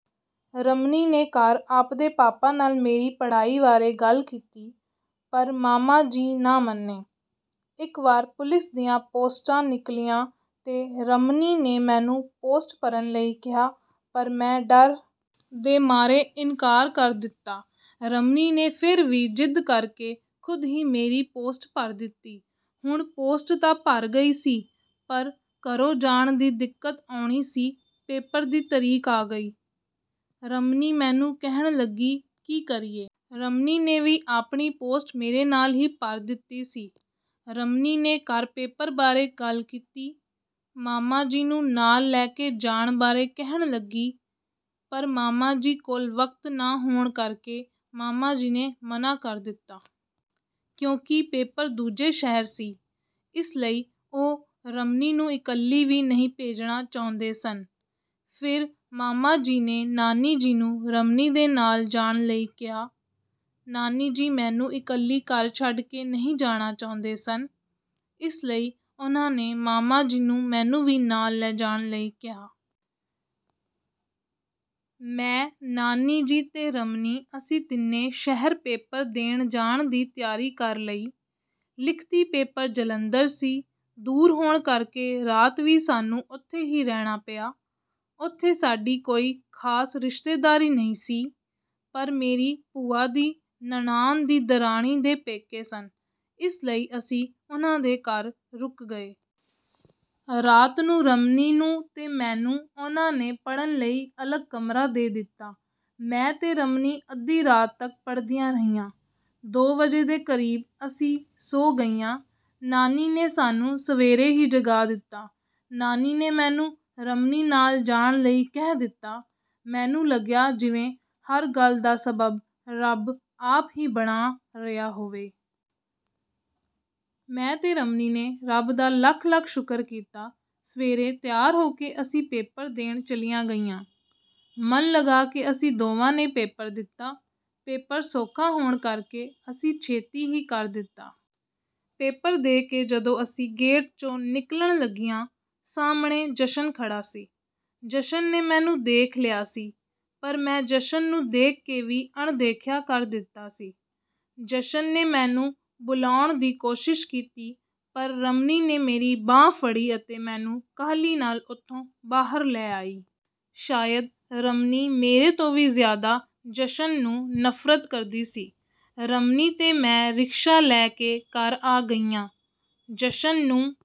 ਰਮਨੀ ਨੇ ਘਰ ਆਪਦੇ ਪਾਪਾ ਨਾਲ ਮੇਰੀ ਪੜ੍ਹਾਈ ਵਾਰੇ ਗੱਲ ਕੀਤੀ, ਪਰ ਮਾਮਾ ਜੀ ਨਾ ਮੰਨੇ, ਇੱਕ ਵਾਰ ਪੁਲਿਸ ਦੀਆਂ ਪੋਸਟਾਂ ਨਿਕਲੀਆਂ ਤੇ ਰਮਨੀ ਨੇ ਮੈਨੂੰ ਪੋਸਟ ਭਰਨ ਲਈ ਕਿਹਾ, ਪਰ ਮੈਂ ਡਰ ਦੇ ਮਾਰੇ ਇਨਕਾਰ ਕਰ ਦਿੱਤਾ, ਰਮਨੀ ਨੇ ਫਿਰ ਵੀ ਜ਼ਿੱਦ ਕਰਕੇ ਖੁਦ ਹੀ ਮੇਰੀ ਪੋਸਟ ਭਰ ਦਿੱਤੀ, ਹੁਣ ਪੋਸਟ ਤਾਂ ਭਰ ਗਈ ਸੀ ਪਰ ਘਰੋਂ ਜਾਣ ਦੀ ਦਿੱਕਤ ਆਉਣੀ ਸੀ ਪੇਪਰ ਦੀ ਤਰੀਕ ਆ ਗਈ, ਰਮਨੀ ਮੈਨੂੰ ਕਹਿਣ ਲੱਗੀ ਕੀ ਕਰੀਏ? ਰਮਨੀ ਨੇ ਵੀ ਆਪਣੀ ਪੋਸਟ ਮੇਰੇ ਨਾਲ ਹੀ ਭਰ ਦਿੱਤੀ ਸੀ, ਰਮਨੀ ਨੇ ਘਰ ਪੇਪਰ ਬਾਰੇ ਗੱਲ ਕੀਤੀ, ਮਾਮਾ ਜੀ ਨੂੰ ਨਾਲ ਲੈਕੇ ਜਾਣ ਬਾਰੇ ਕਹਿਣ ਲੱਗੀ, ਪਰ ਮਾਮਾ ਜੀ ਕੋਲ ਵਕਤ ਨਾ ਹੋਣ ਕਰਕੇ ਮਾਮਾ ਜੀ ਨੇ ਮਨਾ ਕਰ ਦਿੱਤਾ। ਕਿਉਂਕਿ ਪੇਪਰ ਦੂਜੇ ਸ਼ਹਿਰ ਸੀ, ਇਸ ਲਈ ਉਹ ਰਮਨੀ ਨੂੰ ਇਕੱਲੀ ਵੀ ਨਹੀਂ ਭੇਜਣਾ ਚਾਹੁੰਦੇ ਸਨ। ਫਿਰ ਮਾਮਾ ਜੀ ਨੇ ਨਾਨੀ ਜੀ ਨੂੰ ਰਮਨੀ ਦੇ ਨਾਲ ਜਾਣ ਲਈ ਕਿਹਾ। ਨਾਨੀ ਜੀ ਮੈਨੂੰ ਇਕੱਲੀ ਘਰ ਛੱਡ ਕੇ ਨਹੀਂ ਜਾਣਾ ਚਾਹੁੰਦੇ ਸਨ, ਇਸ ਲਈ ਉਨ੍ਹਾਂ ਨੇ ਮਾਮਾ ਜੀ ਨੂੰ ਮੈਨੂੰ ਵੀ ਨਾਲ ਲੈ ਜਾਣ ਲਈ ਕਿਹਾ। ਮੈਂ ਨਾਨੀ ਜੀ ਤੇ ਰਮਨੀ ਅਸੀਂ ਤਿੰਨੇ ਸ਼ਹਿਰ ਪੇਪਰ ਦੇਣ ਜਾਣ ਦੀ ਤਿਆਰੀ ਕਰ ਲਈ। ਲਿਖਤੀ ਪੇਪਰ ਜਲੰਧਰ ਸੀ, ਦੂਰ ਹੋਣ ਕਰਕੇ ਰਾਤ ਵੀ ਸਾਨੂੰ ਉੱਥੇ ਹੀ ਰਹਿਣਾ ਪਿਆ, ਉੱਥੇ ਸਾਡੀ ਕੋਈ ਖ਼ਾਸ ਰਿਸ਼ਤੇਦਾਰੀ ਨਹੀਂ ਸੀ, ਪਰ ਮੇਰੀ ਭੂਆ ਦੀ ਨਨਾਣ ਦੀ ਦਰਾਣੀ ਦੇ ਪੇਕੇ ਸਨ, ਇਸ ਲਈ ਅਸੀਂ ਉਨ੍ਹਾਂ ਦੇ ਘਰ ਰੁਕ ਗਏ। ਰਾਤ ਨੂੰ ਰਮਨੀ ਨੂੰ ਤੇ ਮੈਨੂੰ ਉਹਨਾਂ ਨੇ ਪੜਨ ਲਈ ਅਲੱਗ ਕਮਰਾ ਦੇ ਦਿੱਤਾ, ਮੈਂ ਤੇ ਰਮਨੀ ਅੱਧੀ ਰਾਤ ਤੱਕ ਪੜਦੀਆਂ ਰਹੀਆਂ, ਦੋ ਵਜੇ ਦੇ ਕਰੀਬ ਅਸੀਂ ਸੌਂ ਗਈਆਂ। ਨਾਨੀ ਨੇ ਸਾਨੂੰ ਸਵੇਰੇ ਹੀ ਜਗਾ ਦਿੱਤਾ, ਨਾਨੀ ਨੇ ਮੈਨੂੰ ਰਮਨੀ ਨਾਲ ਜਾਣ ਲਈ ਕਹਿ ਦਿੱਤਾ, ਮੈਨੂੰ ਲੱਗਿਆ ਜਿਵੇਂ ਹਰ ਗੱਲ ਦਾ ਸਬੱਬ ਰੱਬ ਆਪ ਹੀ ਬਣਾ ਰਿਹਾ ਹੋਵੇ। ਮੈਂ ਤੇ ਰਮਨੀ ਨੇ ਰੱਬ ਦਾ ਲੱਖ-ਲੱਖ ਸ਼ੁਕਰ ਕੀਤਾ, ਸਵੇਰੇ ਤਿਆਰ ਹੋ ਕੇ ਅਸੀਂ ਪੇਪਰ ਦੇਣ ਚਲੀਆਂ ਗਈਆਂ, ਮਨ ਲਗਾ ਕੇ ਅਸੀਂ ਦੋਵਾਂ ਨੇ ਪੇਪਰ ਦਿੱਤਾ, ਪੇਪਰ ਸੌਖਾ ਹੋਣ ਕਰਕੇ ਅਸੀਂ ਛੇਤੀ ਹੀ ਕਰ ਦਿੱਤਾ। ਪੇਪਰ ਦੇ ਕੇ ਜਦੋਂ ਅਸੀਂ ਗੇਟ ਚੋਂ ਨਿਕਲਣ ਲੱਗੀਆਂ, ਸਾਹਮਣੇ ਜਸ਼ਨ ਖੜਾ ਸੀ, ਜਸ਼ਨ ਨੇ ਮੈਨੂੰ ਦੇਖ ਲਿਆ ਸੀ ਪਰ ਮੈਂ ਜਸ਼ਨ ਨੂੰ ਦੇਖ ਕੇ ਵੀ ਅਣਦੇਖਿਆ ਕਰ ਦਿੱਤਾ ਸੀ, ਜਸ਼ਨ ਨੇ ਮੈਨੂੰ ਬੁਲਾਉਣ ਦੀ ਕੋਸ਼ਿਸ਼ ਕੀਤੀ ਪਰ ਰਮਨੀ ਨੇ ਮੇਰੀ ਬਾਂਹ ਫੜੀ ਅਤੇ ਮੈਨੂੰ ਕਾਹਲੀ ਨਾਲ ਉੱਥੋਂ ਬਾਹਰ ਲੈ ਆਈ। ਸ਼ਾਇਦ ਰਮਨੀ ਮੇਰੇ ਤੋਂ ਵੀ ਜ਼ਿਆਦਾ ਜਸ਼ਨ ਨੂੰ ਨਫ਼ਰਤ ਕਰਦੀ ਸੀ, ਰਮਨੀ ਤੇ ਮੈਂ ਰਿਕਸ਼ਾ ਲੈਂ ਕੇ ਘਰ ਆ ਗਈਆਂ। ਜਸ਼ਨ ਨੂੰ